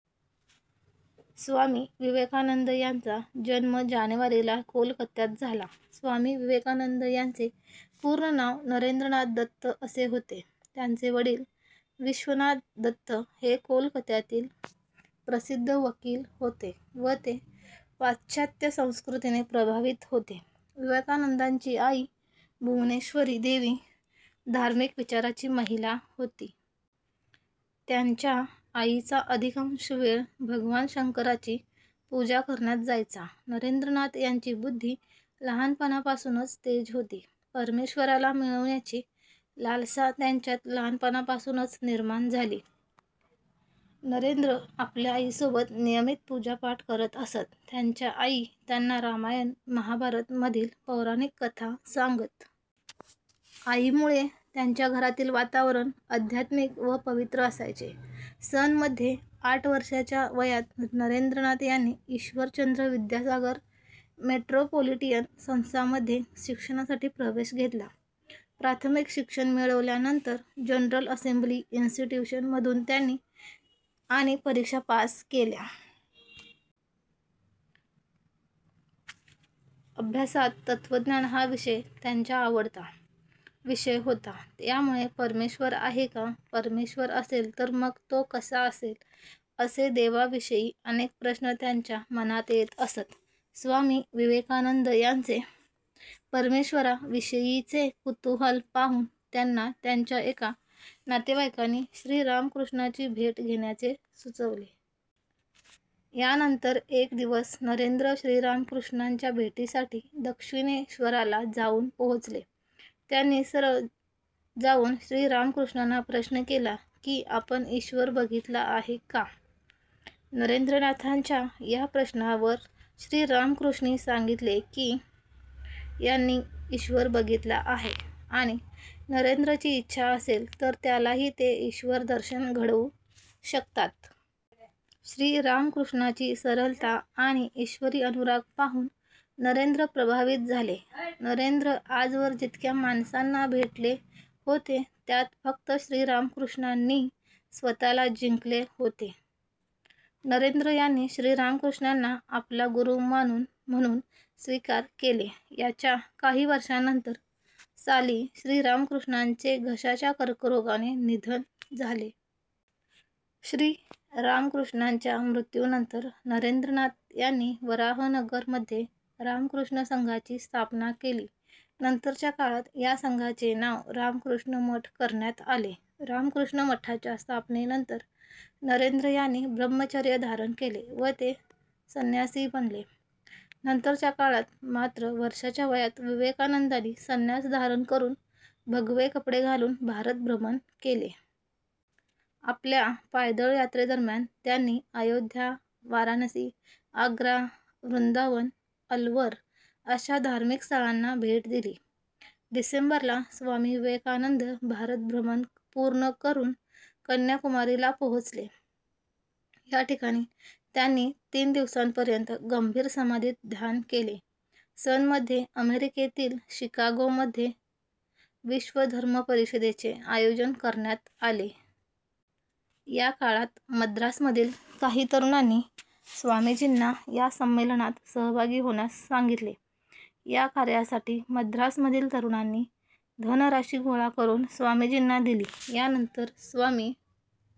स्वामी विवेकानंद यांचा जन्म जानेवारी ला कोलकत्यात झाला. स्वामी विवेकानंद यांचे पूर्ण नाव नरेंद्रनाथ दत्त असे होते. त्यांचे वडील विश्वनाथ दत्त हे कोलकत्यातील प्रसिद्ध वकील होते व ते पाश्चात्य संस्कृतीने प्रभावित होते. विवेकानंदांची आई भुवनेश्वरी देवी धार्मिक विचाराची महिला होती. त्यांच्या आईचा अधिकांश वेळ भगवान शंकराची पूजा करण्यात जायचा. नरेंद्रनाथ यांची बुद्धी लहानपणापासूनच तेज होती. परमेश्वराला मिळविण्याची लालसा त्यांच्यात लहानपणापासूनच निर्माण झाली. नरेंद्र आपल्या आई सोबत नियमित पूजापाठ करत असत. त्यांच्या आई त्यांना रामायण महाभारत मधील पौराणिक कथा सांगत असत. आईमुळे त्यांच्या घरातील वातावरण अध्यात्मिक व पवित्र असायचे. सन मध्ये आठ वर्षाच्या वयात नरेंद्रनाथ यांनी ईश्वरचंद्र विद्यासागर मेट्रोपोलिटिअन संस्था मध्ये शिक्षणासाठी प्रवेश घेतला. प्राथमिक शिक्षण मिळवल्यानंतर जनरल असेंबली इन्स्टिट्यूशन मधून त्यांनी आणि परीक्षा पास केल्या. अभ्यासात तत्वज्ञान हा विषय त्यांच्या आवडता विषय होता. यामुळे परमेश्वर आहे का? परमेश्वर असेल तर मग तो कसा असेल? असे देवाविषयी अनेक प्रश्न त्यांच्या मनात येत असत. स्वामी विवेकानंद यांचे परमेश्वरा विषयीयीचे कुतूहल पाहून त्यांना त्यांच्या एका नातेवाईकांनी श्रीरामकृष्णाची भेट घेण्याचे सुचवले. यानंतर एक दिवस नरेंद्र श्रीरामकृष्णांच्या भेटीसाठी दक्षिणेश्वराला जाऊन पोहोचले. त्यांनी सरळ जाऊन श्रीरामकृष्णांना प्रश्न केला की "आपण ईश्वर बघितला आहे का? " नरेंद्रनाथांच्या या प्रश्नावर श्रीरामकृष्णी सांगितले की त्यांनी ईश्वर बघितला आहे आणि नरेंद्रची इच्छा असेल तर त्यालाही ते ईश्वर दर्शन घडवू शकतात. श्रीरामकृष्णाची सरलता आणि ईश्वरी अनुराग पाहून नरेंद्र प्रभावित झाले. नरेंद्र आजवर जितक्या माणसांना भेटले होते त्यात फक्त श्रीरामकृष्णांनी स्वतःला जिंकले होते. नरेंद्र यांनी श्रीरामकृष्णाना आपला गुरु म्हणून स्वीकार केले. याच्या काही वर्षानंतर साली श्रीरामकृष्णांचे घशाच्या कर्करोगाने निधन झाले. श्रीराम कृष्णांच्या मृत्यूनंतर नरेंद्रनाथ यांनी वराहनगर मध्ये रामकृष्ण संघाची स्थापना केली. नंतरच्या काळात या संघाचे नाव रामकृष्ण मठ करण्यात आले. रामकृष्ण मठाच्या स्थापनेनंतर नरेंद्र यांनी ब्रह्मचर्य धारण केले व ते संन्यासी बनले. नंतरच्या काळात मात्र वर्षाच्या वयात विवेकानंदांनी संन्यास धारण करून व भगवेकपडे घालून भारतभ्रमण केले. आपल्या पायदळ यात्रेदरम्यान त्यांनी आयोध्या, वाराणसी, आग्रा, वृंदावन, अल्वर अशा धार्मिक स्थळांना भेट दिली. डिसेंबर ला स्वामी विवेकानंद भारत-भ्रमण पूर्ण करून कन्याकुमारी ला पोहोचले. याठिकाणी त्यांनी तीन दिवसांपर्यंत गंभीर समाधीत ध्यान केले. सन मध्ये अमेरिकेतील शिकागो मध्ये विश्व धर्म परिषदेचे आयोजन करण्यात आले. या काळात मद्रास मधील काही तरुणांनी स्वामीजींना या संमेलनात सहभागी होण्यास सांगितले. या कार्यासाठी मद्रासमधील तरुणांनी धनराशी गोळा करून स्वामीजींना दिली. यानंतर स्वामी